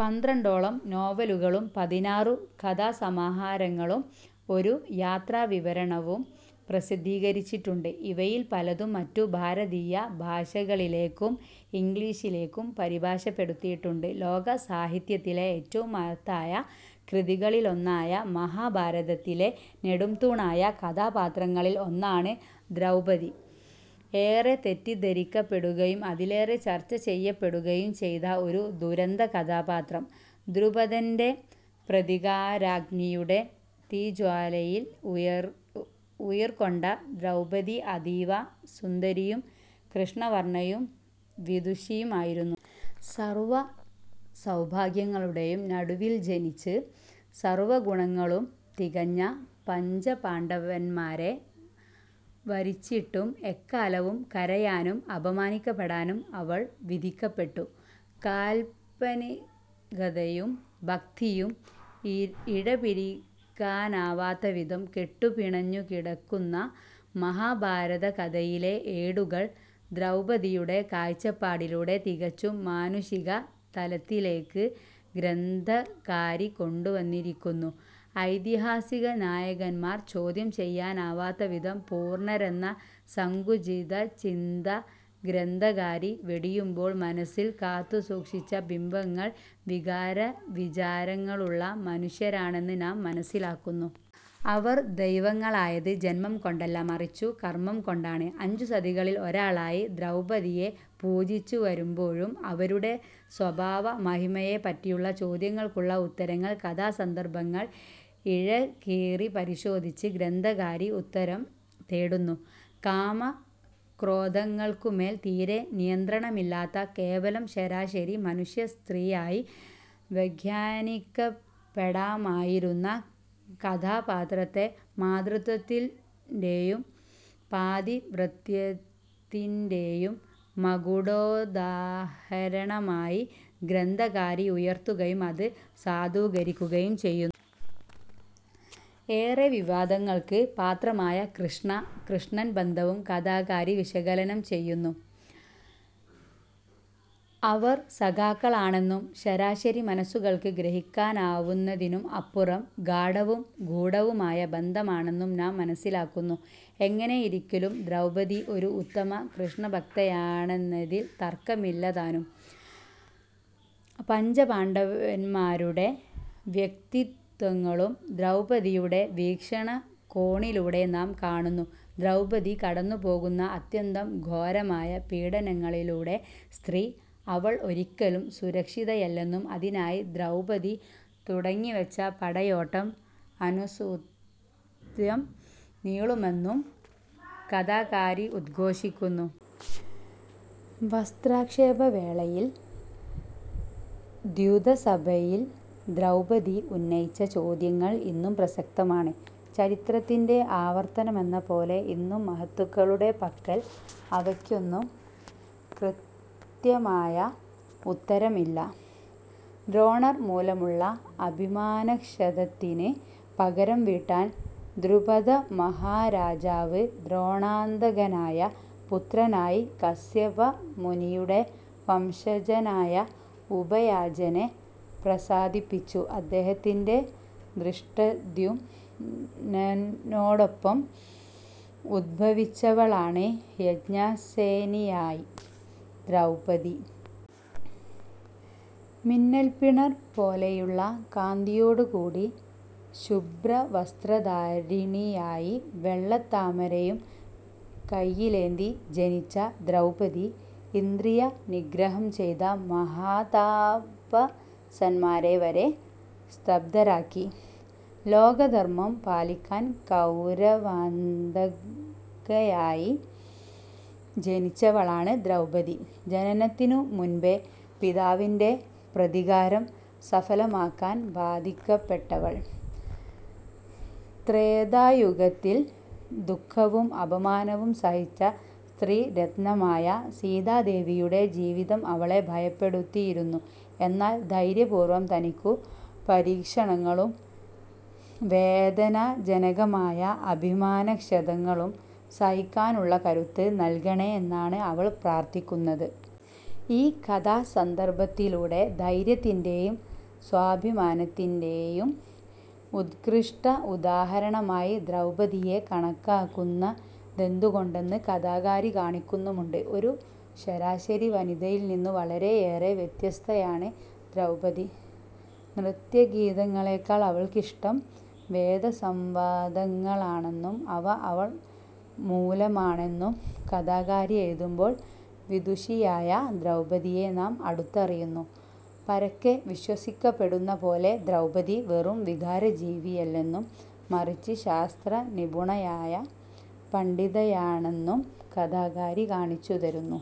പന്ത്രണ്ടോളം നോവലുകളും പതിനാറു കഥാസമാഹാരങ്ങളും ഒരു യാത്രാ വിവരണവും പ്രസിദ്ധീകരിച്ചിട്ടുണ്ട്. ഇവയിൽ പലതും മറ്റു ഭാരതീയ ഭാഷകളിലേക്കും ഇന്ഗ്ലീഷിലേക്കും പരിഭാഷപ്പെടുത്തിയിട്ടുണ്ട്. ലോകസാഹിത്യത്തിലെ ഏറ്റവും മഹത്തായ കൃതികളിലൊന്നായ മഹാഭാരതത്തിലെ നെടുംതൂണായ കഥാപാത്രങ്ങളിൽ ഒന്നാണ് ദ്രൗപദി. ഏറെ തെറ്റിദ്ധരിക്കപ്പെടുകയും അതിലേറെ ചർച്ചചെയ്യപ്പെടുകയും ചെയ്ത ഒരു ദുരന്ത കഥാപാത്രം. ദ്രുപദൻറെ പ്രതികാരാഗ്നിയുടെ തീജ്വാലയിൽ ഉയിർകൊണ്ട ദ്രൗപദി, അതീവ സുന്ദരിയും, കൃഷ്ണവർണയും, വിദുഷിയും ആയിരുന്നു. സർവ സൗഭാഗ്യങ്ങളുടെയും നടുവിൽ ജനിച്ച് സർവഗുണങ്ങളും തികഞ്ഞ പഞ്ചപാണ്ഡവന്മാരെ വരിച്ചിട്ടും എക്കാലവും കരയാനും അപമാനിക്കപ്പെടാനും അവൾ വിധിക്കപ്പെട്ടു. കാൽപനികതയും ഭക്തിയും ഇഴപിരികാനാവാത്തവിധം കെട്ടുപിണഞ്ഞുകിടക്കുന്ന മഹാഭാരതകഥയിലെ ഏടുകൾ ദ്രൗപദിയുടെ കാഴ്ച്ചപ്പാടിലൂടെ തികച്ചും മാനുഷിക തലത്തിലേക്ക് ഗ്രന്ഥകാരി കൊണ്ടുവന്നിരിക്കുന്നു. ഐതിഹാസിക നായകന്മാർ ചോദ്യം ചെയ്യാനാവാത്തവിധം പൂർണ്ണരെന്ന സങ്കുചിത ചിന്ത ഗ്രന്ഥകാരി വെടിയുമ്പോൾ മനസ്സിൽ കാത്തുസൂക്ഷിച്ച ബിംബങ്ങൾ വികാരവിചാരങ്ങളുള്ള മനുഷ്യരാണെന്ന് നാം മനസ്സിലാക്കുന്നു. അവർ ദൈവങ്ങളായത് ജന്മം കൊണ്ടല്ല മറിച്ചു കർമ്മം കൊണ്ടാണ്. അഞ്ചു സതികളിൽ ഒരാളായി ദ്രൗപദിയെ പൂജിച്ചു വരുമ്പോഴും അവരുടെ സ്വഭാവമഹിമയെ പറ്റിയുള്ള ചോദ്യങ്ങൾക്കുള്ള ഉത്തരങ്ങൾ കഥാസന്ദർഭങ്ങൾ ഇഴകീരിപരിശോധിച്ച് ഗ്രന്ഥകാരി ഉത്തരം തേടുന്നു. കാമക്രോധങ്ങൾക്കുമേൽ തീരെ നിയന്ത്രണമില്ലാത്ത കേവലം ശരാശരി മനുഷ്യസ്ത്രീയായി വ്യഘ്യാനിക്കപ്പെടാമായിരുന്ന കഥാപാത്രത്തെ മാതൃത്വത്തിൻറെയും പാതിവ്രത്യത്തിൻറെയും മകുടോദാഹരണമായി ഗ്രന്ഥകാരി ഉയർത്തുകയും അത് സാധൂകരിക്കുകയും ചെയ്യുന്നു. ഏറെ വിവാദങ്ങൾക്ക് പാത്രമായ കൃഷ്ണ-കൃഷ്ണൻ ബന്ധവും കഥാകാരി വിശകലനം ചെയ്യുന്നു. അവർ സഖാക്കളാണെന്നും ശരാശരി മനസ്സുകൾക്ക് ഗ്രഹിക്കാനാവുന്നതിനും അപ്പുറം ഗാഡവും ഗൂഡവുമായ ബന്ധമാണെന്നു നാം മനസ്സിലാക്കുന്നു. എങ്ങനെയിരിക്കിലും ദ്രൗപദി ഒരു ഉത്തമ കൃഷ്ണഭ്ക്തയാണെന്നതിൽ തർക്കമില്ലതാനും. പഞ്ചപാണ്ടവന്മാരുടെ വ്യക്തിത്വങ്ങളും ദ്രൗപദിയുടെ വീക്ഷണകോണിലൂടെ നാം കാണുന്നു. ദ്രൗപദി കടന്നുപോകുന്ന അത്യന്തം ഘോരമായ പീഡനങ്ങളിലൂടെ, സ്ത്രീ, അവൾ ഒരിക്കലും സുരക്ഷിതയല്ലെന്നും അതിനായി ദ്രൗപദി തുടങ്ങിവെച്ച പടയോട്ടം അനുസ്യൂതം നീളുമെന്നും കഥാകാരി ഉദ്ഘോഷിക്കുന്നു. വസ്ത്രാക്ഷേപവേളയിൽ. ദ്യുതസഭയിൽ ദ്രൗപദി ഉന്നയിച്ച ചോദ്യങ്ങൾ ഇന്നും പ്രസക്തമാണ്. ചരിത്രത്തിൻറെ ആവർത്തനമെന്ന പോലെ ഇന്നും മഹത്തുക്കളുടെ പക്കൽ അവയ്ക്കൊന്നും കൃത്യമായ ഉത്തരം ഇല്ല. ദ്രോണർ മൂലമുള്ള അഭിമാനക്ഷതത്തിന് പകരം വീട്ടാൻ ദ്രുപദമാഹാരാജാവ് ദ്രോണാന്തകനായ പുത്രനായി കസ്യപമുനിയുടെ വംശജനായ ഉപയാജനെ പ്രസാദിപ്പിച്ചു. അദ്ദേഹത്തിൻറെ ധൃഷ്ടദ്യുംനനോടോപ്പം ഉദ്ഭവിച്ചവളാണ് യജ്ഞാസേനിയായ് ദ്രൗപദി. മിന്നൽ പിണർ പോലെയുള്ള കാന്തിയോടുകൂടി, ശുഭ്രവസ്ത്രധാരിണിയായി, വെള്ളത്താമരയും കൈയിലേന്തി ജനിച്ച ദ്രൗപദി, ഇന്ദ്രിയനിഗ്രഹം ചെയ്ത മഹാതാപസന്മാരെ വരെ സ്തബ്ധരാക്കി. ലോകധർമ്മം പാലിക്കാൻ കൗരവാന്തകയായി ജനിച്ചവളാണ് ദ്രൗപദി. ജനനത്തിനു മുൻപേ പിതാവിൻറെ പ്രതികാരം സഫലമാക്കാൻ ബാധിക്കപെട്ടവൾ. ത്രേതായുഗത്തിൽ ദുഖവും അപമാനവും സഹിച്ച സ്ത്രീരത്നമായ സീതാദേവിയുടെ ജീവിതം അവളെ ഭയപ്പെടുത്തിയിരുന്നു. എന്നാൽ ധൈര്യപൂർവ്വം തനിക്കു പരീക്ഷണങ്ങളും, വേദനാജനകമായ അഭിമാനക്ഷതങ്ങളും സഹിക്കാനുള്ള കരുത്ത് നൽകണേ എന്നാണ് അവൾ പ്രാർഥിക്കുന്നത്. ഈ കഥാസന്ദർഭത്തിലൂടെ ധൈര്യത്തിന്റെയും സ്വാഭിമാനതിന്റെയും ഉത്കൃഷ്ട ഉദാഹരണമായി ദ്രൗപദിയെ കണക്കാക്കുന്നതെന്തുകൊണ്ടെന്ന് കഥാകാരി കാണിക്കുന്നുമുണ്ട്. ഒരു ശരാശരി വനിതയിൽനിന്നു വളരെയേറെ വത്യസ്തയാണ് ദ്രൗപദി. നൃത്യഗീതങ്ങളെക്കാൾ അവൾക്കിഷ്ടം വേദസംവാദങ്ങളാണന്നും, അവ അവൾ മൂലമാണെന്നും കഥാകാരി എഴുതുമ്പോൾ വിദുഷിയായ ദ്രൗപദിയെ നാം അടുത്തറിയുന്നു. പരക്കെ വിശ്വസിക്കപ്പെടുന്ന പോലെ ദ്രൗപദി വെറും വികാരജീവിയല്ലെന്നും മറിച്ച് ശാസ്ത്രനിപുണയായ പണ്ധിതയാണന്നും കഥാകാരി കാണിച്ചുതരുന്നു.